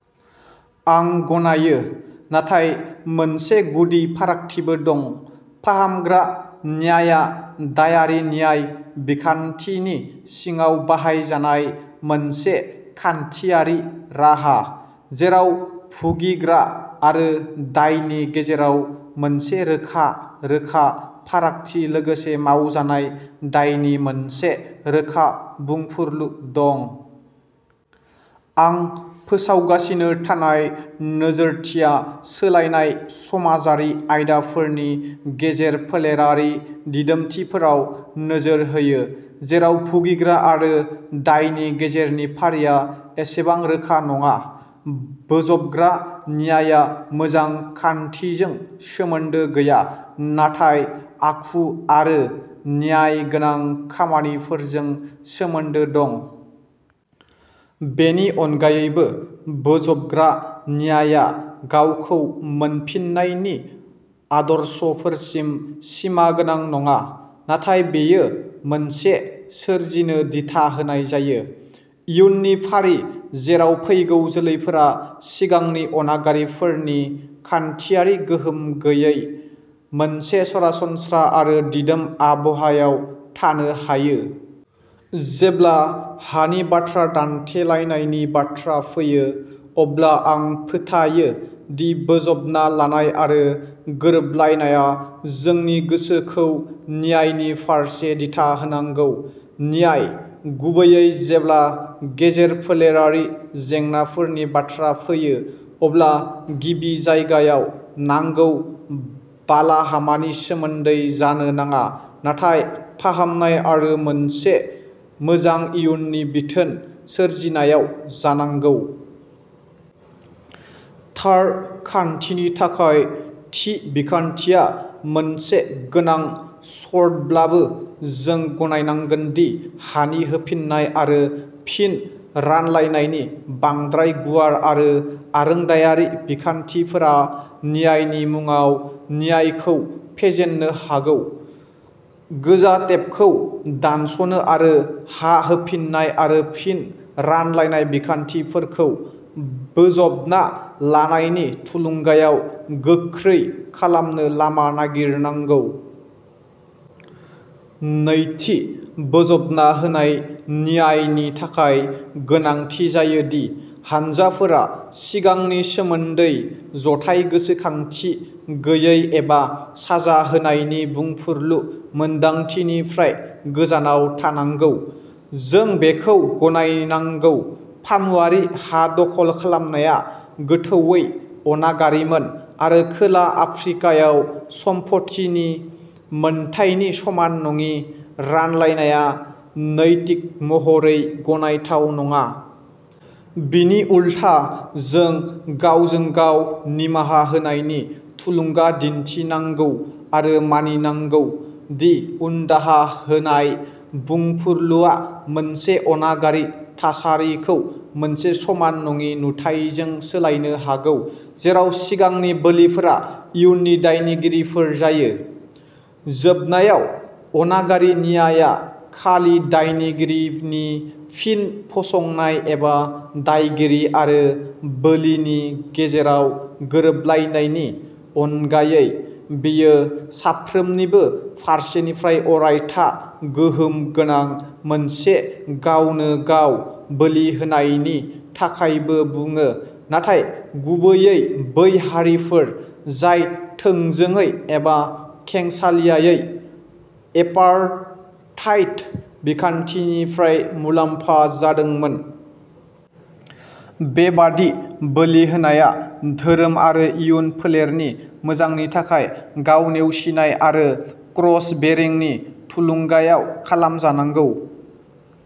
आं गनायो, नाथाय मोनसे गुदि फारागथिबो दं। फाहामग्रा न्यायआ दायारि न्याय बिखान्थिनि सिङाव बाहायजानाय मोनसे खान्थियारि राहा, जेराव भुगिग्रा आरो दायनि गेजेराव मोनसे रोखा रोखा फारागथि लोगोसे मावजानाय दायनि मोनसे रोखा बुंफुरलु दं। आं फोसावगासिनो थानाय नोजोरथिया सोलायनाय समाजारि आयदाफोरनि गेजेर-फोलेरारि दिदोमथिफोराव नोजोर होयो, जेराव भुगिग्रा आरो दायनि गेजेरनि फारिया एसेबां रोखा नङा। बोजबग्रा न्यायआ मोजां खान्थिजों सोमोन्दो गैया, नाथाय आखु आरो न्यायगोनां खामानिफोरजों सोमोन्दो दं। बेनि अनगायैबो, बोजबग्रा न्यायआ गावखौ मोनफिननायनि आदर्शफोरसिम सिमागोनां नङा, नाथाय बेयो मोनसे सोरजिनो दिथा होनाय जायो। इयुननि फारि जेराव फैगौ जोलैफोरा सिगांनि अनागारिफोरनि खान्थियारि गोहोम गैयै मोनसे सरासनस्रा आरो दिदोम आबहावायाव थानो हायो। जेब्ला हानि बाथ्रा दान्थेलायनायनि बाथ्रा फैयो, अब्ला आं फोथायो दि बोजबना लानाय आरो गोरोबलायनाया जोंनि गोसोखौ न्यायनि फारसे दिथा होनांगौ। न्याय, गुबैयै जेब्ला गेजेर-फोलेरारि जेंनाफोरनि बाथ्रा फैयो, अब्ला गिबि जायगायाव, नांगौ बालाहामानि सोमोन्दै जानो नाङा, नाथाय फाहामनाय आरो मोनसे मोजां इयुननि बिथोन सोरजिनायाव जानांगौ। थार खान्थिनि थाखाय थि बिखान्थिया मोनसे गोनां सर्तब्लाबो, जों गनायनांगोन दि हानि होफिननाय आरो फिन रानलायनायनि बांद्राय गुवार आरो आरोंदायारि बिखान्थिफोरा न्यायनि मुंआव न्यायखौ फेजेननो हागौ। गोजा टेपखौ दानस'नो आरो हा होफिन्नाय आरो फिन रानलायनाय बिखान्थिफोरखौ बोजबना लानायनि थुलुंगायाव गोख्रै खालामनो लामा नागिरनांगौ। नैथि, बोजबना होनाय न्यायनि थाखाय गोनांथि जायो दि हानजाफोरा सिगांनि सोमोन्दै जथाय गोसोखांथि गैयै एबा साजा होनायनि बुंफुरलु मोनदांथिनिफ्राय गोजानाव थानांगौ। जों बेखौ गनायनांगौ। फामुवारि हा दखल खालामनाया गोथौवै अनागारिमोन आरो खोला आफ्रिकायाव सम्पथिनि मोनथायनि समान नङि रानलायनाया नैतिक महरै गनायथाव नङा। बिनि उलथा, जों गावजों गाव निमाहा होनायनि थुलुंगा दिन्थिनांगौ आरो मानिनांगौ दि उनदाहा होनाय बुंफुरलुआ मोनसे अनागारि थासारिखौ मोनसे समान नङि नुथाइजों सोलायनो हागौ जेराव सिगांनि बोलिफोरा इयुननि दायगिरिफोर जायो। जोबनायाव, अनागारि न्यायआ खालि दायगिरिनि फिन फसंनाय एबा दायगिरि आरो बोलिनि गेजेराव गोरोबलायनायनि अनगायै; बेयो साफ्रोमनिबो फारसेनिफ्राय अरायथा गोहोम गोनां मोनसे गावनो-गाव बोलि होनायनि थाखायबो बुङो, नाथाय गुबैयै बै हारिफोर जाय थोंजोङै एबा खेंसालियायै एपार्थाइड बिखान्थिनिफ्राय मुलाम्फा जादोंमोन। बेबादि बोलि होनाया धोरोम आरो इयुन फोलेरनि मोजांनि थाखाय गाव-नेवसिनाय आरो क्रस बेरिंनि थुलुंगायाव खालामजानांगौ।